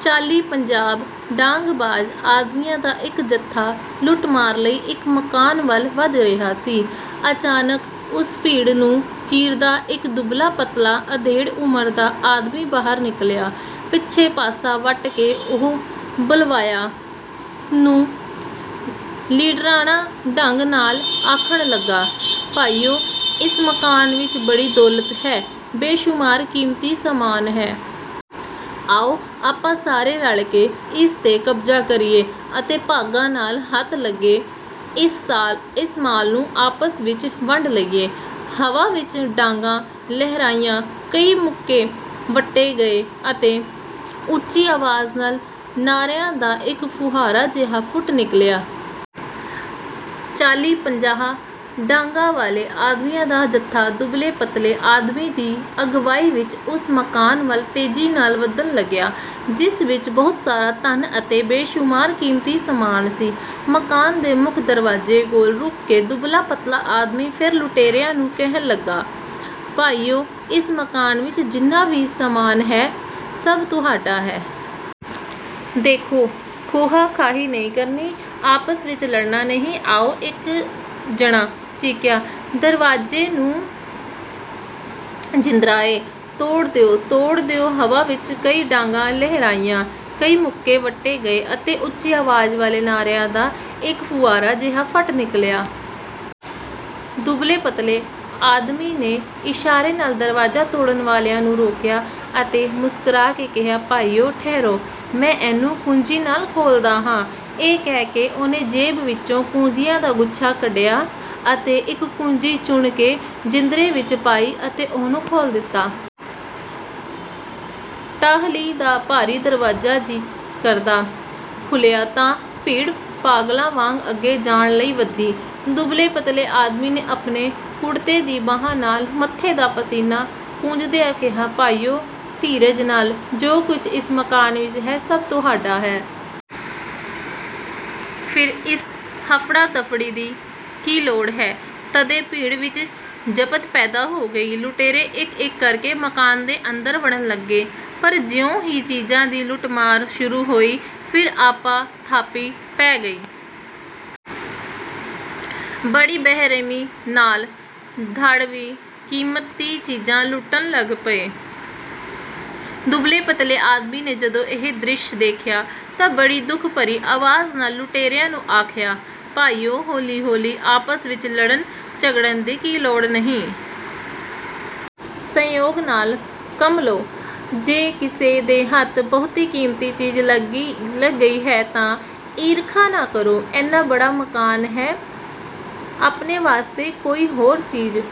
ਚਾਲੀ ਪੰਜਾਹ ਡਾਂਗਬਾਜ਼ ਆਦਮੀਆਂ ਦਾ ਇਕ ਜੱਥਾ ਲੁੱਟਮਾਰ ਲਈ ਇਕ ਮਕਾਨ ਵੱਲ ਵਧ ਰਿਹਾ ਸੀ। ਅਚਾਨਕ ਉਸ ਭੀੜ ਨੂੰ ਚੀਰਦਾ ਇਕ ਦੁਬਲਾ-ਪਤਲਾ ਅਧੇੜ ਉਮਰ ਦਾ ਆਦਮੀ ਬਾਹਰ ਨਿਕਲਿਆ। ਪਿੱਛੇ ਪਾਸਾ ਵੱਟ ਕੇ ਉਹ ਬਲਵਾਈਆਂ ਨੂੰ ਲੀਡਰਾਨਾ ਢੰਗ ਨਾਲ ਆਖਣ ਲੱਗਾ, “ਭਾਈਓ, ਇਸ ਮਕਾਨ ਵਿਚ ਬੜੀ ਦੌਲਤ ਹੈ, ਬੇਸ਼ੁਮਾਰ ਕੀਮਤੀ ਸਮਾਨ ਹੈ। ਆਓ ਆਪਾਂ ਸਾਰੇ ਰਲ ਕੇ ਇਸ ਤੇ ਕਬਜ਼ਾ ਕਰੀਏ ਅਤੇ ਭਾਗਾਂ ਨਾਲ ਹੱਥ ਲੱਗੇ ਇਸ ਮਾਲ ਨੂੰ ਆਪਸ ਵਿਚ ਵੰਡ ਲਈਏ।” ਹਵਾ ਵਿਚ ਡਾਂਗਾਂ ਲਹਿਰਾਈਆਂ, ਕਈ ਮੁੱਕੇ ਵੱਟੇ ਗਏ ਅਤੇ ਉੱਚੀ ਆਵਾਜ਼ ਨਾਲ ਨਾਰ੍ਹਿਆਂ ਦਾ ਇਕ ਫੁਹਾਰਾ ਜਿਹਾ ਫੁੱਟ ਨਿਕਲਿਆ। ਚਾਲੀ ਪੰਜਾਹ ਡਾਂਗਾਂ ਵਾਲੇ ਆਦਮੀਆਂ ਦਾ ਜੱਥਾ ਦੁਬਲੇ-ਪਤਲੇ ਆਦਮੀ ਦੀ ਅਗਵਾਈ ਵਿਚ ਉਸ ਮਕਾਨ ਵੱਲ ਤੇਜ਼ੀ ਨਾਲ ਵਧਣ ਲੱਗਿਆ, ਜਿਸ ਵਿਚ ਬਹੁਤ ਸਾਰਾ ਧਨ ਅਤੇ ਬੇਸ਼ੁਮਾਰ ਕੀਮਤੀ ਸਮਾਨ ਸੀ। ਮਕਾਨ ਦੇ ਮੁੱਖ ਦਰਵਾਜੇ ਕੋਲ ਰੁਕ ਕੇ ਦੁਬਲਾ-ਪਤਲਾ ਆਦਮੀ ਫਿਰ ਲੁਟੇਰਿਆਂ ਨੂੰ ਕਹਿਣ ਲੱਗਾ, “ਭਾਈਓ, ਇਸ ਮਕਾਨ ਵਿਚ ਜਿੰਨਾ ਵੀ ਸਮਾਨ ਹੈ, ਸਭ ਤੁਹਾਡਾ ਹੈ। ਦੇਖੋ, ਖੋਹਾ-ਖਾਹੀ ਨਹੀਂ ਕਰਨੀ, ਆਪਸ ਵਿਚ ਲੜਨਾ ਨਹੀਂ। ਆਓ।” ਇਕ ਜਣਾ ਚੀਕਿਆ, "ਦਰਵਾਜੇ ਨੂੰ ਜਿੰਦਰਾ ਏ।" “ਤੋੜ ਦਿਓ। ਤੋੜ ਦਿਓ।” ਹਵਾ ਵਿਚ ਕਈ ਡਾਂਗਾਂ ਲਹਿਰਾਈਆਂ, ਕਈ ਮੁੱਕੇ ਵੱਟੇ ਗਏ ਅਤੇ ਉੱਚੀ ਆਵਾਜ਼ ਵਾਲੇ ਨਾਰ੍ਹਿਆਂ ਦਾ ਇਕ ਫੁਹਾਰਾ ਜਿਹਾ ਫੁੱਟ ਨਿਕਲਿਆ। ਦੁਬਲੇ-ਪਤਲੇ ਆਦਮੀ ਨੇ ਹੱਥ ਦੇ ਇਸ਼ਾਰੇ ਨਾਲ ਦਰਵਾਜਾ ਤੋੜਨ ਵਾਲਿਆਂ ਨੂੰ ਰੋਕਿਆ ਅਤੇ ਮੁਸਕਰਾ ਕੇ ਕਿਹਾ, “ਭਾਈਓ, ਠਹਿਰੋ। ਮੈਂ ਇਹਨੂੰ ਕੁੰਜੀ ਨਾਲ ਖੋਲ੍ਹਦਾ ਹਾਂ।” ਇਹ ਕਹਿ ਕੇ ਉਹਨੇ ਜੇਬ ਵਿਚੋਂ ਕੁੰਜੀਆਂ ਦਾ ਗੁੱਛਾ ਕੱਢਿਆ ਅਤੇ ਇਕ ਕੁੰਜੀ ਚੁਣ ਕੇ ਜਿੰਦਰੇ ਵਿਚ ਪਾਈ ਅਤੇ ਉਹਨੂੰ ਖੋਲ੍ਹ ਦਿੱਤਾ। ਟਾਹਲੀ ਦਾ ਭਾਰੀ ਦਰਵਾਜਾ ਚੀਂ ਕਰਦਾ ਖੁੱਲਿਆ ਤਾਂ ਭੀੜ ਪਾਗਲਾਂ ਵਾਂਗ ਅੱਗੇ ਜਾਣ ਲਈ ਵਧੀ। ਦੁਬਲੇ-ਪਤਲੇ ਆਦਮੀ ਨੇ ਆਪਣੇ ਕੁੜਤੇ ਦੀ ਬਾਂਹ ਨਾਲ ਮੱਥੇ ਦਾ ਪਸੀਨਾ ਪੂੰਝਦਿਆਂ ਕਿਹਾ, “ਭਾਈਓ, ਧੀਰਜ ਨਾਲ। ਜੋ ਕੁਝ ਇਸ ਮਕਾਨ ਵਿਚ ਹੈ, ਸਭ ਤੁਹਾਡਾ ਹੈ। ਫਿਰ ਇਸ ਹਫੜਾ-ਦਫੜੀ ਦੀ ਕੀ ਲੋੜ ਹੈ?” ਤਦੇ ਭੀੜ ਵਿਚ ਜ਼ਬਤ ਪੈਦਾ ਹੋ ਗਿਆ। ਲੁਟੇਰੇ ਇਕ-ਇਕ ਕਰਕੇ ਮਕਾਨ ਦੇ ਅੰਦਰ ਵੜਨ ਲੱਗੇ, ਪਰ ਜਿਉਂ ਹੀ ਚੀਜ਼ਾਂ ਦੀ ਲੁੱਟਮਾਰ ਸ਼ੁਰੂ ਹੋਈ, ਫਿਰ ਆਪਾ ਧਾਪੀ ਪੈ ਗਈ। ਬੜੀ ਬੇਰਹਿਮੀ ਨਾਲ ਧਾੜਵੀ ਕੀਮਤੀ ਚੀਜ਼ਾਂ ਲੁੱਟਣ ਲੱਗ ਪਏ। ਦੁਬਲੇ-ਪਤਲੇ ਆਦਮੀ ਨੇ ਜਦੋਂ ਇਹ ਦ੍ਰਿਸ਼ ਦੇਖਿਆ ਤਾਂ ਬੜੀ ਦੁੱਖ ਭਰੀ ਆਵਾਜ਼ ਨਾਲ ਲੁਟੇਰਿਆਂ ਨੂੰ ਆਖਿਆ, ਭਾਈਓ, ਹੌਲੀ ਹੌਲੀ। ਆਪਸ ਵਿਚ ਲੜਨ-ਝਗੜਨ ਦੀ ਕੋਈ ਲੋੜ ਨਹੀਂ। ਸਹਿਯੋਗ ਨਾਲ ਕੰਮ ਲਓ। ਜੇ ਕਿਸੇ ਦੇ ਹੱਥ ਬਹੁਤੀ ਕੀਮਤੀ ਚੀਜ਼ ਲੱਗ ਗਈ ਹੈ ਤਾਂ ਈਰਖਾ ਨਾ ਕਰੋ। ਏਨਾ ਬੜਾ ਮਕਾਨ ਹੈ, ਆਪਣੇ ਵਾਸਤੇ ਕੋਈ ਹੋਰ ਚੀਜ਼